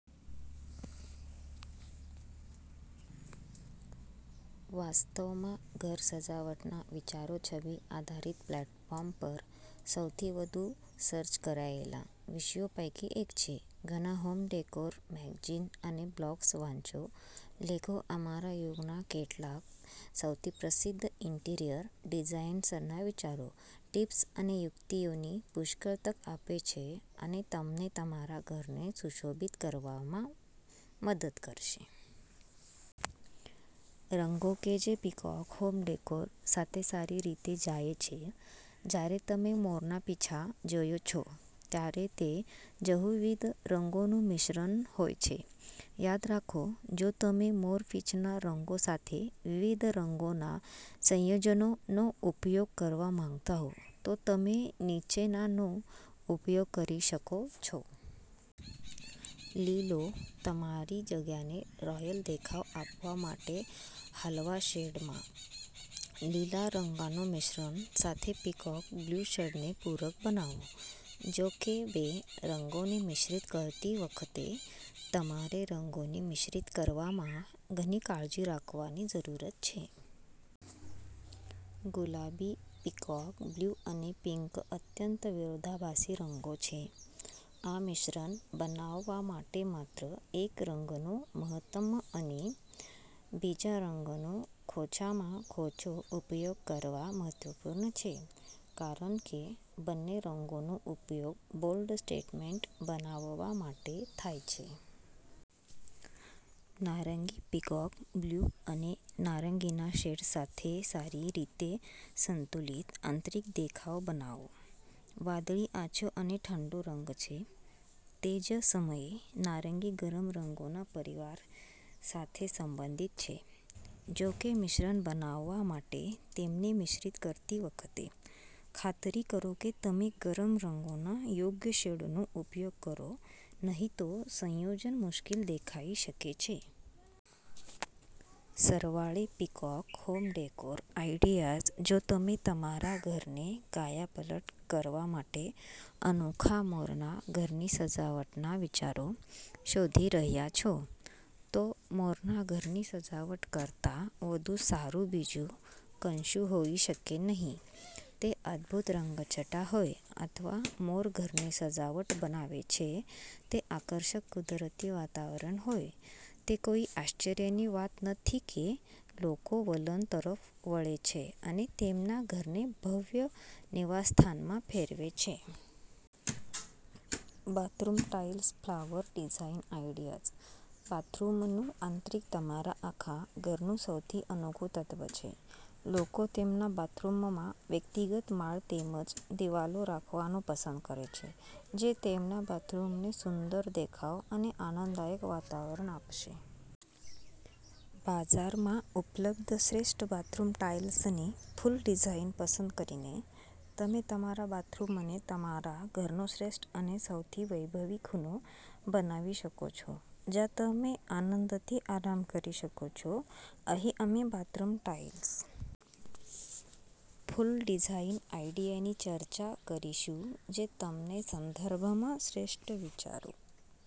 વાસ્તવમાં, ઘર સજાવટના વિચારો છબી-આધારિત પ્લેટફોર્મ પર સૌથી વધુ સર્ચ કરાયેલા વિષયો પૈકી એક છે. ઘણાં હોમ ડેકોર મેગેઝિન અને બ્લોગ્સ વાંચો. લેખો અમારા યુગના કેટલાક સૌથી પ્રખ્યાત ઇન્ટિરિયર ડિઝાઇનર્સના વિચારો, ટિપ્સ અને યુક્તિઓની પુષ્કળ તક આપે છે અને તમને તમારા ઘરને સુશોભિત કરવામાં મદદ કરશે. રંગો કે જે પીકોક હોમ ડેકોર સાથે સારી રીતે જાય છે જ્યારે તમે મોરના પીંછા જુઓ છો, ત્યારે તે બહુવિધ રંગોનું મિશ્રણ છે. યાદ રાખો, જો તમે મોરપીંછના રંગો સાથે વિવિધ રંગોના સંયોજનોનો ઉપયોગ કરવા માંગતા હો, તો તમે નીચેનાનો ઉપયોગ કરી શકો છો. લીલો તમારી જગ્યાને રોયલ દેખાવ આપવા માટે હળવા શેડમાં લીલા રંગોના મિશ્રણ સાથે પીકોક બ્લુ શેડને પૂરક બનાવો. જો કે, બે રંગોને મિશ્રિત કરતી વખતે, તમારે રંગોને મિશ્રિત કરવામાં ખૂબ કાળજી લેવાની જરૂર છે. ગુલાબી પીકોક બ્લુ અને પિંક અત્યંત વિરોધાભાસી રંગો છે. આ મિશ્રણ બનાવવા માટે માત્ર એક રંગનો મહત્તમ અને બીજા રંગનો ઓછામાં ઓછો ઉપયોગ કરવો મહત્વપૂર્ણ છે. કારણ કે બંને રંગોનો ઉપયોગ બોલ્ડ સ્ટેટમેન્ટ બનાવવા માટે થાય છે. નારંગી પીકોક બ્લુ અને નારંગીના શેડ્સ સાથે સારી રીતે સંતુલિત આંતરિક દેખાવ બનાવો. વાદળી આછો અને ઠંડો રંગ છે. તે જ સમયે, નારંગી ગરમ રંગોના પરિવાર સાથે સંબંધિત છે. જો કે, મિશ્રણ બનાવવા માટે તેમને મિશ્રિત કરતી વખતે, ખાતરી કરો કે તમે ગરમ રંગોના યોગ્ય શેડનો ઉપયોગ કરો નહીં તો, સંયોજન મુશ્કેલ દેખાઈ શકે છે. સરવાળે પીકોક હોમ ડેકોર આઈડિયાઝ જો તમે તમારા ઘરને કાયાપલટ કરવા માટે અનોખા મોરનાં ઘરની સજાવટનાં વિચારો શોધી રહ્યાં છો, તો મોરનાં ઘરની સજાવટ કરતાં વધુ સારું બીજું કંઈ હોઈ શકે નહીં. તે અદભૂત રંગછટા હોય અથવા મોર ઘરની સજાવટ બનાવે છે તે આકર્ષક કુદરતી વાતાવરણ હોય, તે કોઈ આશ્ચર્યની વાત નથી કે લોકો વલણ તરફ વળે છે અને તેમના ઘરને ભવ્ય નિવાસસ્થાનમાં ફેરવે છે. Bathroom tiles flower design ideas બાથરૂમનું આંતરિક તમારા આખા ઘરનું સૌથી અનોખું તત્વ છે. લોકો તેમના બાથરૂમમાં વ્યક્તિગત માળ તેમજ દિવાલો રાખવાનું પસંદ કરે છે જે તેમના બાથરૂમને સુંદર દેખાવ અને આનંદદાયક વાતાવરણ આપશે. બજારમાં ઉપલબ્ધ શ્રેષ્ઠ બાથરૂમ ટાઇલ્સની ફૂલ ડિઝાઇન પસંદ કરીને, તમે તમારા બાથરૂમને તમારા ઘરનો શ્રેષ્ઠ અને સૌથી વૈભવી ખૂણો બનાવી શકો છો જ્યાં તમે આનંદથી આરામ કરી શકો છો. અહીં અમે બાથરૂમ ટાઇલ્સ ફૂલ ડિઝાઇન આઇડિયાની ચર્ચા કરીશું જે તમને સંદર્ભમાં શ્રેષ્ઠ વિચારો